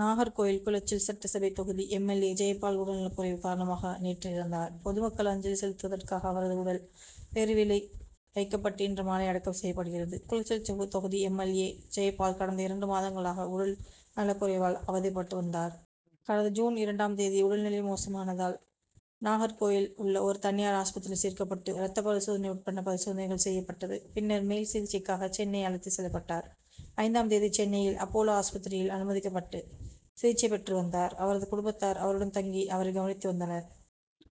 நாகர்கோவில் குளச்சல் சட்டசபை தொகுதி M. L. A. Jayapal உடல்நலக்குறைவு காரணமாக நேற்று இறந்தார். பொதுமக்கள் அஞ்சலி செலுத்துவதற்காக அவரது உடல் பெருவிளையில் வைக்கப்பட்டு இன்று மாலை அடக்கம் செய்யப்படுகிறது. குளச்சல் தொகுதி எம். எல். ஏ. ஜெயபால் கடந்த இரண்டு மாதங்களாக உடல்நலக்குறைவால் அவதிப்பட்டு வந்தார். கடந்த ஜூன் இரண்டாம் தேதி உடல்நிலை மோசமானதால் நாகர்கோவிலில் உள்ள ஒரு தனியார் ஆஸ்பத்திரியில் சேர்க்கப்பட்டு ரத்த பரிசோதனை உள்ளிட்ட பரிசோதனைகள் செய்யப்பட்டது. பின்னர் மேல் சிகிச்சைக்காக சென்னை அழைத்து செல்லப்பட்டார். ஐந்தாம் தேதி சென்னையில் அப்பல்லோ ஆஸ்பத்திரியில் அனுமதிக்கப்பட்டு சிகிச்சை பெற்று வந்தார். அவரது குடும்பத்தார் அவருடன் தங்கி அவரை கவனித்து வந்தனர்.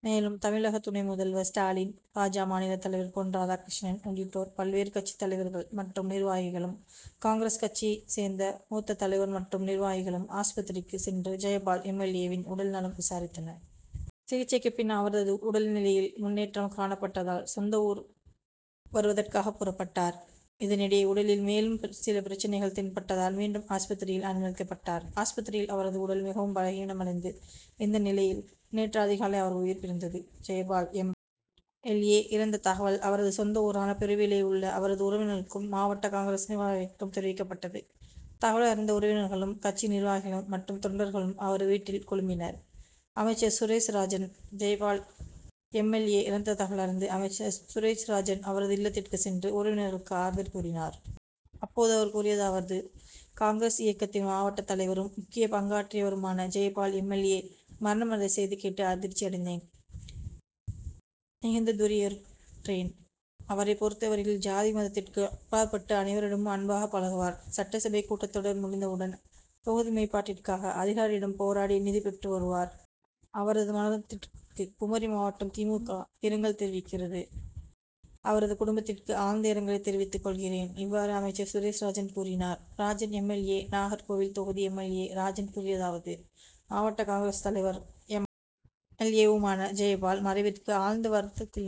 மேலும் தமிழக துணை முதல்வர் ஸ்டாலின், பா. ஜ. மாநில தலைவர் பொன் ராதாகிருஷ்ணன் உள்ளிட்ட பல்வேறு கட்சி தலைவர்கள் மற்றும் நிர்வாகிகளும், காங். கட்சியை சேர்ந்த மூத்த தலைவர்கள் மற்றும் நிர்வாகிகளும் ஆஸ்பத்திரிக்கு சென்று ஜெயபால் எம். எல். ஏ. வின் உடல் நலன் விசாரித்தனர். சிகிச்சைக்கு பின் அவரது உடல் நிலையில் முன்னேற்றம் காணப்பட்டதால் சொந்த ஊர் வருவதற்காக புறப்பட்டார். இதனிடையே உடலில் மேலும் சில பிரச்னைகள் தென்பட்டதால் மீண்டும் ஆஸ்பத்திரியில் அனுமதிக்கப்பட்டார். ஆஸ்பத்திரியில் அவரது உடல் மிகவும் பலகீனமடைந்தது. இந்நிலையில் நேற்று அதிகாலை அவரது உயிர் பிரிந்தது. ஜெயபால் எம். எல். ஏ. இறந்த தகவல் அவரது சொந்த ஊரான பெருவிளையில் உள்ள அவரது உறவினர்களுக்கும், மாவட்ட காங். நிர்வாகிகளுக்கும் தெரிவிக்கப்பட்டது. தகவல் அறிந்த உறவினர்களும், கட்சி நிர்வாகிகள் மற்றும் தொண்டர்களும் அவரது வீட்டில் குழுமினர். அமைச்சர் Suresh Rajan Jayapal M. L. A. இறந்த தகவல் அறிந்த அமைச்சர் சுரேஷ்ராஜன் அவரது இல்லத்திற்கு சென்று உறவினர்களுக்கு ஆறுதல் கூறினார். அப்போது அவர் கூறியதாவது: காங். இயக்கத்தின் மாவட்ட தலைவரும், முக்கிய பங்காற்றியவருமான ஜெயபால் எம். எல். ஏ. மரணம் அடைந்த செய்தி கேட்டு அதிர்ச்சியடைந்தேன். மிகுந்த துயருற்றேன். அவரை பொறுத்தவரையில் ஜாதி மதத்திற்கு அப்பாற்பட்டு அனைவரிடமும் அன்பாக பழகுகிறவர். சட்டசபை கூட்டத்தொடர் முடிந்த உடன் தொகுதி மேம்பாட்டிற்காக அதிகாரிகளிடம் போராடி நிதி பெற்று வருவார். அவரது மரணத்திற்கு குமரி மாவட்ட தி. மு. க. இரங்கல் தெரிவிக்கிறது. அவரது குடும்பத்திற்கு ஆழ்ந்த இரங்கலை தெரிவித்துக்கொள்கிறேன். இவ்வாறு அமைச்சர் சுரேஷ்ராஜன் கூறினார். Rajan M. L. A. Nagercoil தொகுதி எம். எல். ஏ. ராஜன் கூறியதாவது: மாவட்ட காங். தலைவரும், எம். எல். ஏ. வுமான ஜெயபால் மறைவிற்கு ஆழ்ந்த வருத்தத்தை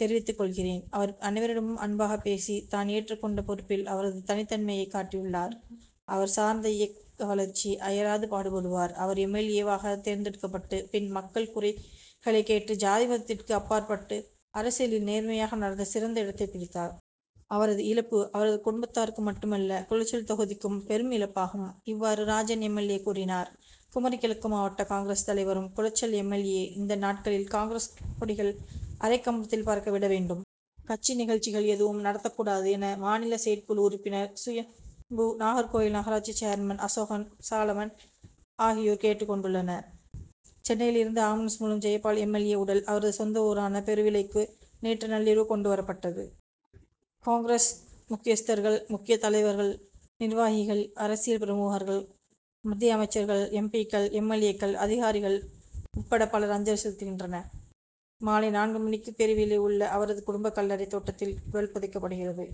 தெரிவித்துக்கொள்கிறேன். அவர் அனைவரிடமும் அன்பாக பேசி, தான் ஏற்றுக்கொண்ட பொறுப்பில் அவரது தனித்தன்மையை காட்டியுள்ளார். அவர் சார்ந்த இயக்க வளர்ச்சிக்கு அயராது பாடுபட்டவர். அவர் எம். எல். ஏ. வாக தேர்ந்தெடுக்கப்பட்ட பின் மக்கள் குறைகளை கேட்டு ஜாதி மதத்திற்கு அப்பாற்ப்பட்டு அரசியலில் நேர்மையாக நடந்து சிறந்த இடத்தை பிடித்தவர். அவரது இழப்பு அவரது குடும்பத்தாருக்கு மட்டுமல்ல குளச்சல் தொகுதிக்கும் பெரும் இழப்பாகும். இவ்வாறு ராஜன் எம். எல். ஏ. கூறினார். குமரி கிழக்கு மாவட்ட காங். தலைவரும், குளச்சல் எம். எல். ஏ. இந்த நாட்களில் காங். கொடிகள் அரை கம்பத்தில் பறக்க விட வேண்டும். கட்சி நிகழ்ச்சிகள் எதுவும் நடத்தக்கூடாது என மாநில செயற்குழு உறுப்பினர் சுயம்பு, நாகர்கோவில் நகராட்சி சேர்மன் அசோகன் சாலமன் ஆகியோர் கேட்டுக்கொண்டுள்ளனர். சென்னையில் இருந்து ஆம்புலன்ஸ் மூலம் ஜெயபால் எம். எல். ஏ. உடல் அவரது சொந்த ஊரான பெருவிளைக்கு நேற்று நள்ளிரவு கொண்டு வரப்பட்டது. காங். முக்கியஸ்தர்கள், முக்கிய தலைவர்கள், நிர்வாகிகள், அரசியல் பிரமுகர்கள், மத்திய அமைச்சர்கள், எம். பி. க்கள், எம். எல். ஏ. க்கள், அதிகாரிகள் உட்பட பலர் அஞ்சலி செலுத்துகின்றனர். மாலை நான்கு மணிக்கு பெருவிளையில் உள்ள அவரது குடும்ப கல்லறை தோட்டத்தில் உடல் புதைக்கப்படுகிறது.